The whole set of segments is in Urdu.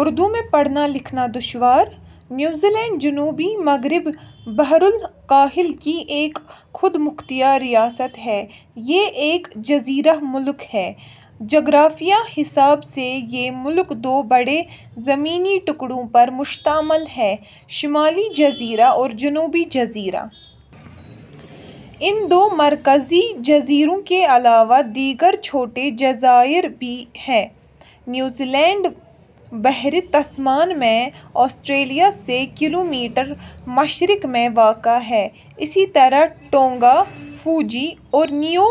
اردو میں پڑھنا لکھنا دشوار؟ نیوزی لینڈ جنوب مغربی بحر الکاہل کی ایک خود مختار ریاست ہے۔ یہ ایک جزیرہ ملک ہے۔ جغرافیائی حساب سے یہ ملک دو بڑے زمینی ٹکڑوں پر مشتمل ہے؛ شمالی جزیرہ اور جنوبی جزیرہ۔ ان دو مرکزی جزیروں کے علاوہ دیگر چھوٹے جزائر ہیں۔ نیوزی لینڈ بحیرہ تسمان میں آسٹریلیا سے کلومیٹر مشرق میں واقع ہے۔ اسی طرح ٹونگا ، فجی اور نیو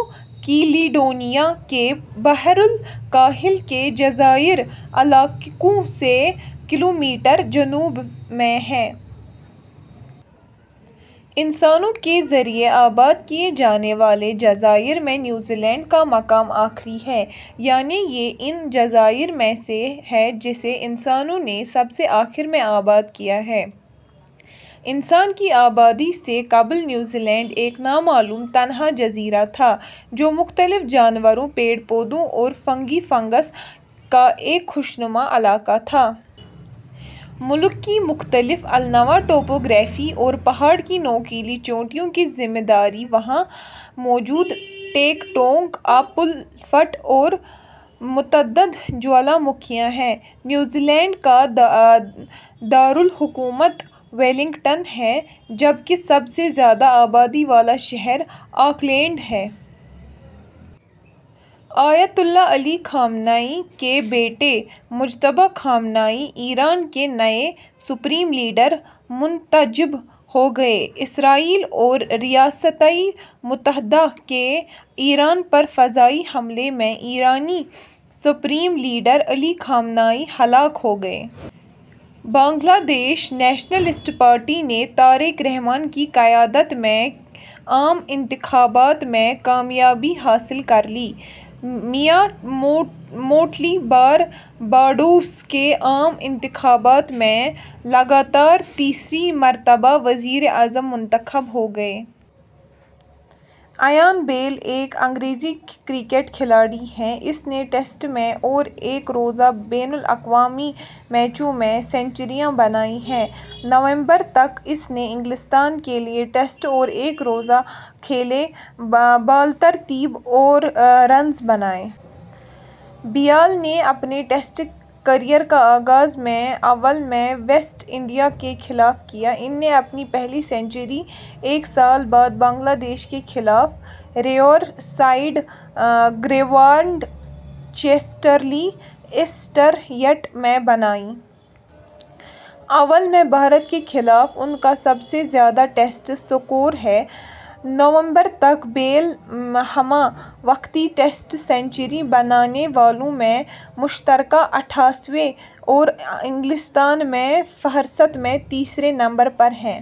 کیلیڈونیا کے بحر الکاحل کے جزائری علاقوں سے کلومیٹر جنوب میں ہے۔ انسانوں کے ذریعے آباد کیے جانے والے جزائر میں نیوزی لینڈ کا مقام آخری ہے۔ یعنی یہ ان جزئر میں سے ہے جسے انسانوں نے سب سے آخری میں آباد کیا ہے۔ انسانوں کی آبادی سے قبل نیوزی لینڈ ایک نا معلوم تنہا جزیرہ تھا جو مختلف جانور، پیڑ پودوں اور فنگی فنگس کا ایک خوشنما علاقہ تھا۔ ملک کی مختلف النوع ٹوپوگرافی اور پہاڑ کی نوکیلی چوٹیوں کی ذمہ دار وہاں موجود ٹیک ٹونک اپ لفٹ اور متعدد جوالہ مکھیاں ہیں۔ نیوزی لینڈ کا دار الحکومت ویلنگٹن ہے جبکہ سب سے زیادہ آبادی والا شہر آکلینڈ ہے۔ آیت اللہ علی خامنہ ای کے بیٹے مجتبیٰ خامنہ ای ایران کے نئے سپریم لیڈر منتخب ہو گئے۔ اسرائیل اور ریاستہائے متحدہ کے ایران پر فضائی حملے میں ایرانی supreme leader Ali Khamenei ہلاک ہو گئے۔ بنگلہ دیش نیشنلسٹ پارٹی نے طارق رحمٰن کی قیادت میں ء کے عام انتخابات میں کامیابی حاصل کرلی۔ میا موٹلی بارباڈوس کے عام انتخابات میں لگاتار تیسری مرتبہ وزیرِ اعظم منتخب ہو گئیں۔ ایان بیل ایک انگریز کرکٹ کھلاڑی ہے۔ اس نے ٹیسٹ میں اور ایک روزہ بین الاقوامی میچوں میں سنچریاں بنائی ہیں۔ نومبر ء تک، اس نے انگلستان کے لیے ٹیسٹ اور ایک روزہ کھیلے، بالترتیب اور رنز بنائے۔ بیل نے اپنے ٹیسٹ کیریئر کا آغاز ء میں اوول میں ویسٹ انڈیز کے خلاف کیا۔ ان نے پہلی سنچری ایک سال بعد بنگلہ دیش کے خلاف ریورسائیڈ گراؤنڈ ، چیسٹرلی اسٹریٹ میں بنائی۔ اوول میں بھارت کے خلاف ان کا سب سے زیادہ ٹیسٹ سکور ہے۔ نومبر ء تک، بیل ہمہ وقتی ٹیسٹ سنچری بنانے والوں میں مشترکہ اٹھائیسویں اور انگلستان کی فہرست میں تیسرے نمبر پر ہے۔